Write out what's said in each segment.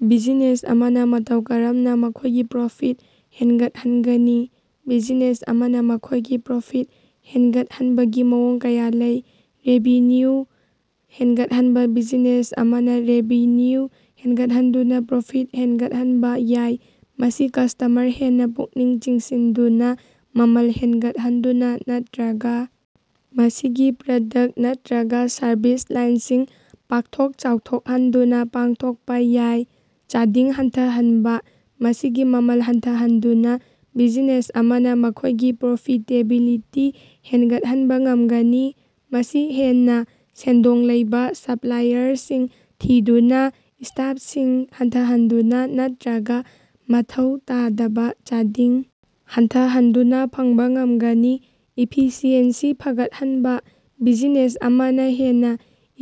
Business ꯑꯃꯅ ꯃꯇꯧ ꯀꯔꯝꯅ ꯃꯈꯣꯏꯒꯤ ꯄ꯭ꯔꯣꯐꯤꯠ ꯍꯦꯟꯒꯠꯍꯟꯒꯅꯤ? ꯕꯤꯖꯤꯅꯦꯁ ꯑꯃꯅ ꯃꯈꯣꯏꯒꯤ ꯄ꯭ꯔꯣꯐꯤꯠ ꯍꯦꯟꯒꯠꯍꯟꯕꯒꯤ ꯃꯑꯣꯡ ꯀꯌꯥ ꯂꯩ - ꯔꯦꯚꯤꯅ꯭ꯌꯨ ꯍꯦꯟꯒꯠꯍꯟꯕ ꯕꯤꯖꯤꯅꯦꯁ ꯑꯃꯅ ꯔꯦꯚꯤꯅ꯭ꯌꯨ ꯍꯦꯟꯒꯠꯍꯟꯗꯨꯅ ꯄ꯭ꯔꯣꯐꯤꯠ ꯍꯦꯟꯒꯠꯍꯟꯕ ꯌꯥꯏ, ꯃꯁꯤ ꯀꯁ꯭ꯇꯃꯔ ꯍꯦꯟꯅ ꯄꯨꯛꯅꯤꯡ ꯆꯤꯡꯁꯤꯟꯗꯨꯅ, ꯃꯃꯜ ꯍꯦꯟꯒꯠꯍꯟꯗꯨꯅ ꯅꯠꯇꯔꯒ ꯃꯁꯤꯒꯤ ꯄ꯭ꯔꯗꯛꯇ ꯅꯠꯇꯔꯒ ꯁꯔꯕꯤꯁ ꯂꯥꯏꯟꯁꯤꯡ ꯄꯥꯛꯊꯣꯛ ꯆꯥꯎꯊꯣꯛꯍꯟꯗꯨꯅ ꯄꯥꯡꯊꯣꯛꯄ ꯌꯥꯏ꯫ ꯆꯥꯗꯤꯡ ꯍꯟꯊꯍꯟꯕ - ꯃꯁꯤꯒꯤ ꯃꯃꯜ ꯍꯟꯊꯍꯟꯗꯨꯅ ꯕꯤꯖꯤꯅꯦꯁ ꯑꯃꯅ ꯃꯈꯣꯏꯒꯤ ꯄ꯭ꯔꯣꯐꯤꯇꯦꯕꯤꯂꯤꯇꯤ ꯍꯦꯟꯒꯠꯍꯟꯕ ꯉꯝꯒꯅꯤ꯫ ꯃꯁꯤ ꯍꯦꯟꯅ ꯁꯦꯟꯗꯣꯡ ꯂꯩꯕꯥ ꯁꯞꯄ꯭ꯂꯥꯏꯌꯔꯁꯤꯡ ꯊꯤꯗꯨꯅ, ꯁ꯭ꯇꯥꯐꯁꯤꯡ ꯍꯟꯊꯍꯟꯗꯨꯅ ꯅꯠꯇꯔꯒ ꯃꯊꯧ ꯇꯥꯗꯕ ꯆꯥꯗꯤꯡ ꯍꯟꯊꯍꯟꯗꯨꯅ ꯐꯪꯕ ꯉꯝꯒꯅꯤ꯫ ꯏꯐꯤꯁꯤꯑꯦꯟꯁꯤ ꯐꯒꯠꯍꯟꯕ - ꯕꯤꯖꯤꯅꯦꯁ ꯑꯃꯅ ꯍꯦꯟꯅ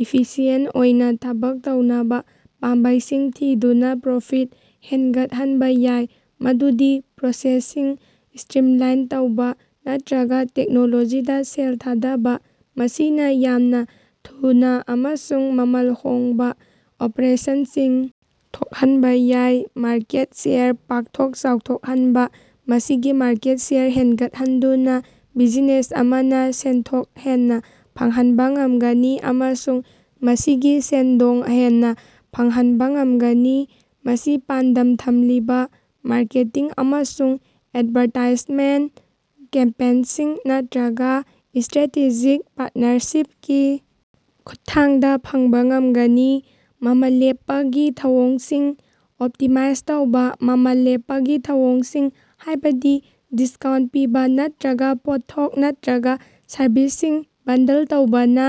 ꯏꯐꯤꯁꯤꯌꯦꯟꯇ ꯑꯣꯏꯅ ꯊꯕꯛ ꯇꯧꯅꯕ ꯄꯥꯝꯕꯩꯁꯤꯡ ꯊꯤꯗꯨꯅ ꯄ꯭ꯔꯣꯐꯤꯠ ꯍꯦꯟꯒꯠꯍꯟꯕ ꯌꯥꯏ, ꯃꯗꯨꯗꯤ ꯄ꯭ꯔꯣꯁꯦꯁꯁꯤꯡ ꯁ꯭ꯇꯔꯤꯝꯂꯥꯏꯟ ꯇꯧꯕ‌ ꯅꯠꯇꯔꯒ ꯇꯦꯛꯅꯣꯂꯣꯖꯤꯗ ꯁꯦꯜ ꯊꯥꯗꯕ, ꯃꯁꯤꯅ ꯌꯥꯝꯅ ꯊꯨꯅ ꯑꯃꯁꯨꯡ ꯃꯃꯜ ꯍꯣꯡꯕ ꯑꯣꯄ꯭ꯔꯦꯁꯟꯁꯤꯡ ꯊꯣꯛꯍꯟꯕ ꯌꯥꯏ꯫ ꯃꯥꯔꯀꯦꯠ ꯁꯦꯌꯔ ꯄꯥꯛꯊꯣꯛ ꯆꯥꯎꯊꯣꯛꯍꯟꯕ - ꯃꯁꯤꯒꯤ ꯃꯥꯔꯀꯦꯠ ꯁꯦꯌꯔ ꯍꯦꯟꯒꯠꯍꯟꯗꯨꯅ ꯕꯤꯖꯤꯅꯦꯁ ꯑꯃꯅ ꯁꯦꯟꯊꯣꯛ ꯍꯦꯟꯅ ꯐꯪꯍꯟꯕ ꯉꯝꯒꯅꯤ ꯑꯃꯁꯨꯡ ꯃꯁꯤꯒꯤ ꯁꯦꯟꯗꯣꯡ ꯍꯦꯟꯅ ꯐꯪꯍꯟꯕ ꯉꯝꯒꯅꯤ꯫ ꯃꯁꯤ ꯄꯥꯟꯗꯝ ꯊꯝꯂꯤꯕ ꯃꯥꯔꯀꯦꯇꯤꯡ ꯑꯃꯁꯨꯡ ꯑꯦꯗꯚꯥꯔꯇꯥꯏꯖꯃꯦꯟꯇ ꯀꯦꯝꯄꯦꯟꯁꯤꯡ ꯅꯠꯇꯔꯒ ꯁ꯭ꯇꯔꯦꯇꯦꯖꯤꯛ ꯄꯥꯔꯇꯅꯔꯁꯤꯞꯀꯤ ꯈꯨꯠꯊꯥꯡꯗ ꯐꯪꯕ ꯉꯝꯒꯅꯤ꯫ ꯃꯃꯜ ꯂꯦꯞꯄꯒꯤ ꯊꯧꯑꯣꯡꯁꯤꯡ ꯑꯣꯞꯇꯤꯃꯥꯏꯖ ꯇꯧꯕ - ꯃꯃꯜ ꯂꯦꯞꯄꯒꯤ ꯊꯧꯑꯣꯡꯁꯤꯡ, ꯍꯥꯏꯕꯗꯤ ꯗꯤꯁꯀꯥꯎꯟꯇ ꯄꯤꯕ ꯅꯠꯇꯔꯒ ꯄꯣꯠꯊꯣꯛ ꯅꯠꯇꯔꯒ ꯁꯔꯚꯤꯁꯁꯤꯡ ꯕꯟꯗꯜ ꯇꯧꯕꯅ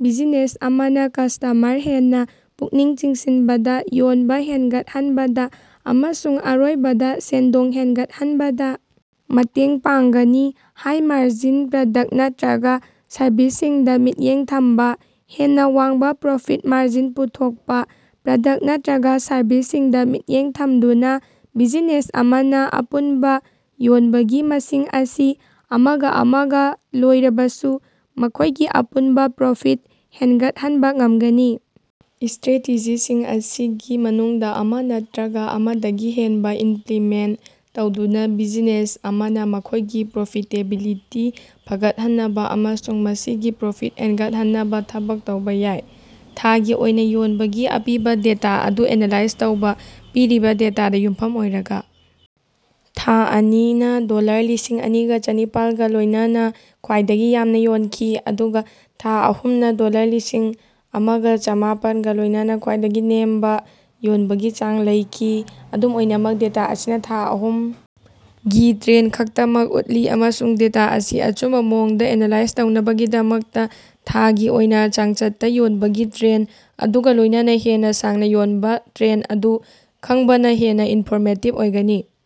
ꯕꯤꯖꯤꯅꯦꯁ ꯑꯃꯅ ꯀꯁ꯭ꯇꯃꯔ ꯍꯦꯟꯅ ꯄꯨꯛꯅꯤꯡ ꯆꯤꯡꯁꯤꯟꯕꯗ, ꯌꯣꯟꯕ ꯍꯦꯟꯒꯠꯍꯟꯕꯗ ꯑꯃꯁꯨꯡ ꯑꯔꯣꯏꯕꯗ ꯁꯦꯟꯗꯣꯡ ꯍꯦꯟꯒꯠꯍꯟꯕꯗ ꯃꯇꯦꯡ ꯄꯥꯡꯒꯅꯤ꯫ ꯍꯥꯏ-ꯃꯥꯔꯖꯤꯟ ꯄ꯭ꯔꯗꯛꯇ ꯅꯠꯇꯔꯒ ꯁꯔꯕꯤꯁꯁꯤꯡꯗ ꯃꯤꯠꯌꯦꯡ ꯊꯝꯕ - ꯍꯦꯟꯅ ꯋꯥꯡꯕ ꯄ꯭ꯔꯣꯐꯤꯠ ꯃꯥꯔꯖꯤꯟ ꯄꯨꯊꯣꯛꯄ ꯄ꯭ꯔꯗꯛꯇ ꯅꯠꯇꯔꯒ ꯁꯔꯕꯤꯁꯁꯤꯡꯗ ꯃꯤꯠꯌꯦꯡ ꯊꯝꯗꯨꯅ, ꯕꯤꯖꯤꯅꯦꯁ ꯑꯃꯅ ꯑꯄꯨꯟꯕ ꯌꯣꯟꯕꯒꯤ ꯃꯁꯤꯡ ꯑꯁꯤ ꯑꯃꯒ ꯑꯃꯒ ꯂꯣꯏꯔꯕꯁꯨ ꯃꯈꯣꯏꯒꯤ ꯑꯄꯨꯟꯕ ꯄ꯭ꯔꯣꯐꯤꯠ ꯍꯦꯟꯒꯠꯍꯟꯕ ꯉꯝꯒꯅꯤ꯫ ꯁ꯭ꯇꯔꯦꯇꯦꯖꯤꯁꯤꯡ ꯑꯁꯤꯒꯤ ꯃꯅꯨꯡꯗ ꯑꯃ ꯅꯠꯇꯔꯒ ꯑꯃꯗꯒꯤ ꯍꯦꯟꯕ ꯏꯝꯄ꯭ꯂꯤꯃꯦꯟꯇ ꯇꯧꯗꯨꯅ ꯕꯤꯖꯤꯅꯦꯁ ꯑꯃꯅ ꯃꯈꯣꯏꯒꯤ ꯄ꯭ꯔꯣꯐꯤꯇꯦꯕꯤꯂꯤꯇꯤ ꯐꯒꯠꯍꯟꯅꯕ ꯑꯃꯁꯨꯡ ꯃꯁꯤꯒꯤ ꯄ꯭ꯔꯣꯐꯤꯠ ꯍꯦꯟꯒꯠꯍꯟꯅꯕ ꯊꯕꯛ ꯇꯧꯕ ꯌꯥꯏ꯫ ꯊꯥꯒꯤ ꯑꯣꯏꯅ ꯌꯣꯟꯕꯒꯤ ꯑꯄꯤꯕ ꯗꯦꯇꯥ ꯑꯗꯨ ꯑꯦꯅꯥꯂꯥꯏꯖ ꯇꯧꯕ꯫ ꯄꯤꯔꯤꯕ ꯗꯦꯇꯥꯗ ꯌꯨꯝꯐꯝ ꯑꯣꯏꯔꯒ‌ ꯊꯥ ꯑꯅꯤ ꯅꯥ ꯗꯣꯂꯔ ꯂꯤꯁꯤꯡ ꯑꯅꯤꯒ ꯆꯅꯤꯄꯥꯜ ꯒꯥ ꯂꯣꯏꯅꯅ ꯈ꯭ꯋꯥꯏꯗꯒꯤ ꯌꯥꯝꯅ ꯌꯣꯟꯈꯤ, ꯑꯗꯨꯒ ꯊꯥ ꯑꯍꯨꯝ ꯅꯥ ꯗꯣꯂꯔ ꯂꯤꯁꯤꯜ ꯑꯃꯒ ꯆꯃꯥꯄꯜ ꯒꯥ ꯂꯣꯏꯅꯅ ꯈ꯭ꯋꯥꯏꯗꯒꯤ ꯅꯦꯝꯕ ꯌꯣꯟꯕꯒꯤ ꯆꯥꯡ ꯂꯩꯈꯤ꯫ ꯑꯗꯨꯝ ꯑꯣꯏꯅꯃꯛ, ꯗꯦꯇꯥ ꯑꯁꯤꯅ ꯊꯥ ꯑꯍꯨꯝ ꯒꯤ ꯇ꯭ꯔꯦꯟꯗ ꯈꯛꯇꯃꯛ ꯎꯠꯂꯤ ꯑꯃꯁꯨꯡ ꯗꯦꯇꯥ ꯑꯁꯤ ꯑꯆꯨꯝꯕ ꯃꯑꯣꯡꯗ ꯑꯦꯅꯥꯂꯥꯏꯖ ꯇꯧꯅꯕꯒꯤꯗꯃꯛꯇ ꯊꯥꯒꯤ ꯑꯣꯏꯅ ꯆꯥꯡꯆꯠꯇ ꯌꯣꯟꯕꯒꯤ ꯇ꯭ꯔꯦꯟꯗ ꯑꯗꯨꯒ ꯂꯣꯏꯅꯅ ꯍꯦꯟꯅ ꯁꯥꯡꯅ ꯌꯣꯟꯕ ꯇ꯭ꯔꯦꯟꯗ ꯑꯗꯨ ꯈꯪꯕꯅ ꯍꯦꯟꯅ ꯏꯟꯐꯣꯔꯃꯦꯇꯤꯕ ꯑꯣꯏꯒꯅꯤ꯫